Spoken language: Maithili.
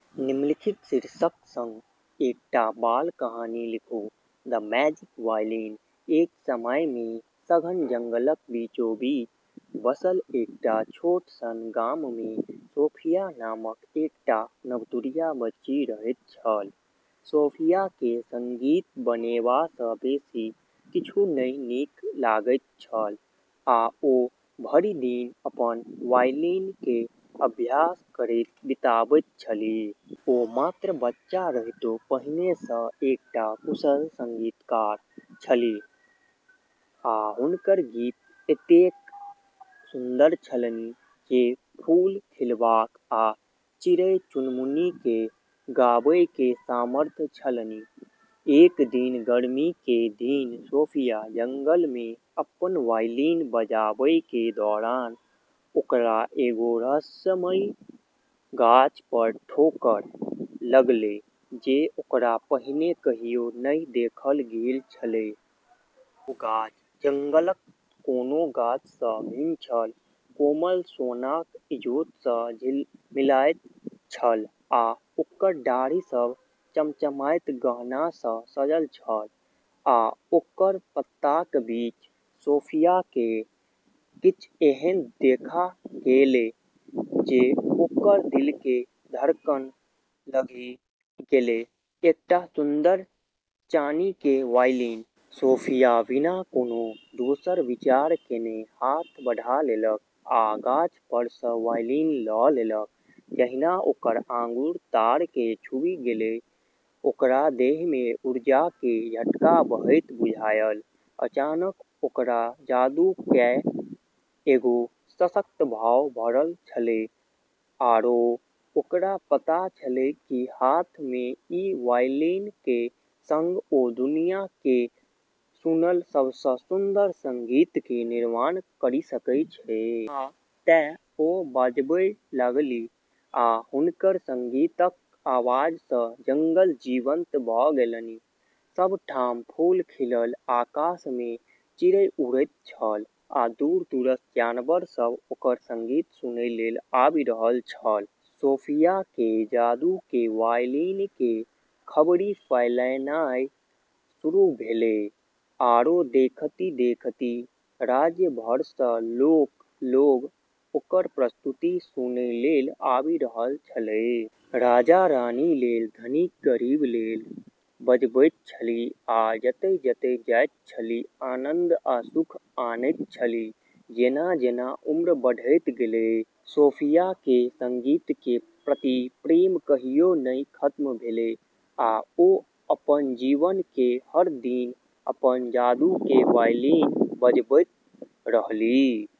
निम्नलिखित शीर्षकके सङ्ग एकटा बाल कहानी लिखु: द मैजिक वायलिन एक समयमे सघन जंगलक बीचोबीच बसल एकटा छोट सन गाममे सोफिया नामक एकटा नवतुरिया बच्ची रहैत छल। सोफियाके संगीत बनेबासँ बेसी किछु नहि नीक लगैत छल, आ ओ भरि दिन अपन वायलिनके अभ्यास करैत बिताबैत छलीह। ओ मात्र बच्चा रहितो पहिनेसँ एकटा कुशल संगीतकार छलीह, आ हुनकर गीत एतेक सुन्दर छलनि जे फूल खिलबाक आ चिड़ै-चुनमुनीकेँ गाबैके सामर्थ्य छलनि। एक दिन गर्मीके दिन सोफिया जंगलमे अपनऽ वायलिन बजाबैके दौरान ओकरा एगो रहस्यमय गाछ पर ठोकर लगलै जे ओकरा पहिने कहियो नहि देखल गेल छलै। ओ गाछ जंगलक कोनो गाछसँ भिन्न छल कोमल, सोनाक इजोतसँ झिलमिलाइत छल आ ओकर डारि सभ चमचमाइत गहनासँ सजल छल। आ ओकर पातके बीच सोफियाके किछ एहन देखा गेलै जे ओकर दिलके धड़कन लंघि गेलै एकटा सुन्दर, चानीके वायलिन। सोफिया बिना कोनो दोसर विचार केने हाथ बढ़ा लेलक आ गाछ परसँ वायलिन ल' लेलक। जहिना ओकर आँगुर तारकेँ छूबि गेलै, ओकरा देहमे ऊर्जाके झटका बहैत बुझायल। अचानक ओकरा जादू केरऽ एगो सशक्त भाव भरल छलै, आरो ओकरा पता छलै कि हाथमे ई वायलिनके सङ्ग ओ दुनिया केर सुनल सबसँ सुंदर संगीतके निर्माण करि सकै छै। आ तें ओ बजबै लगलीह, आ हुनकर संगीतक आवाजसँ जंगल जीवंत भ' गेलनि। सब ठाम फूल खिलल, आकाशमे चिड़ै उड़ैत छल, आ दूर-दूरसँ जानवर सब ओकर संगीत सुनै लेल आबि रहल छल। सोफियाके जादूके वायलिनके खबरि फैलनाइ शुरू भेलै, आरो देखिते - देखिते राज्य भरसँ लोक लोग ओकर प्रस्तुति सुनै लेल आबि रहल छलै। राजा-रानी लेल, धनिक-गरीब लेल बजबैत छलीह आ जतय-जतय जाइत छलीह, आनन्द आ सुख अनैत छलीह। जेना-जेना उम्र बढ़ैत गेलै, सोफियाके संगीतके प्रति प्रेम कहियो नहि खतम भेलै, आ ओ अपन जीवनके हर दिन अपन जादूके वायलिन बजाबैत रहलीह ।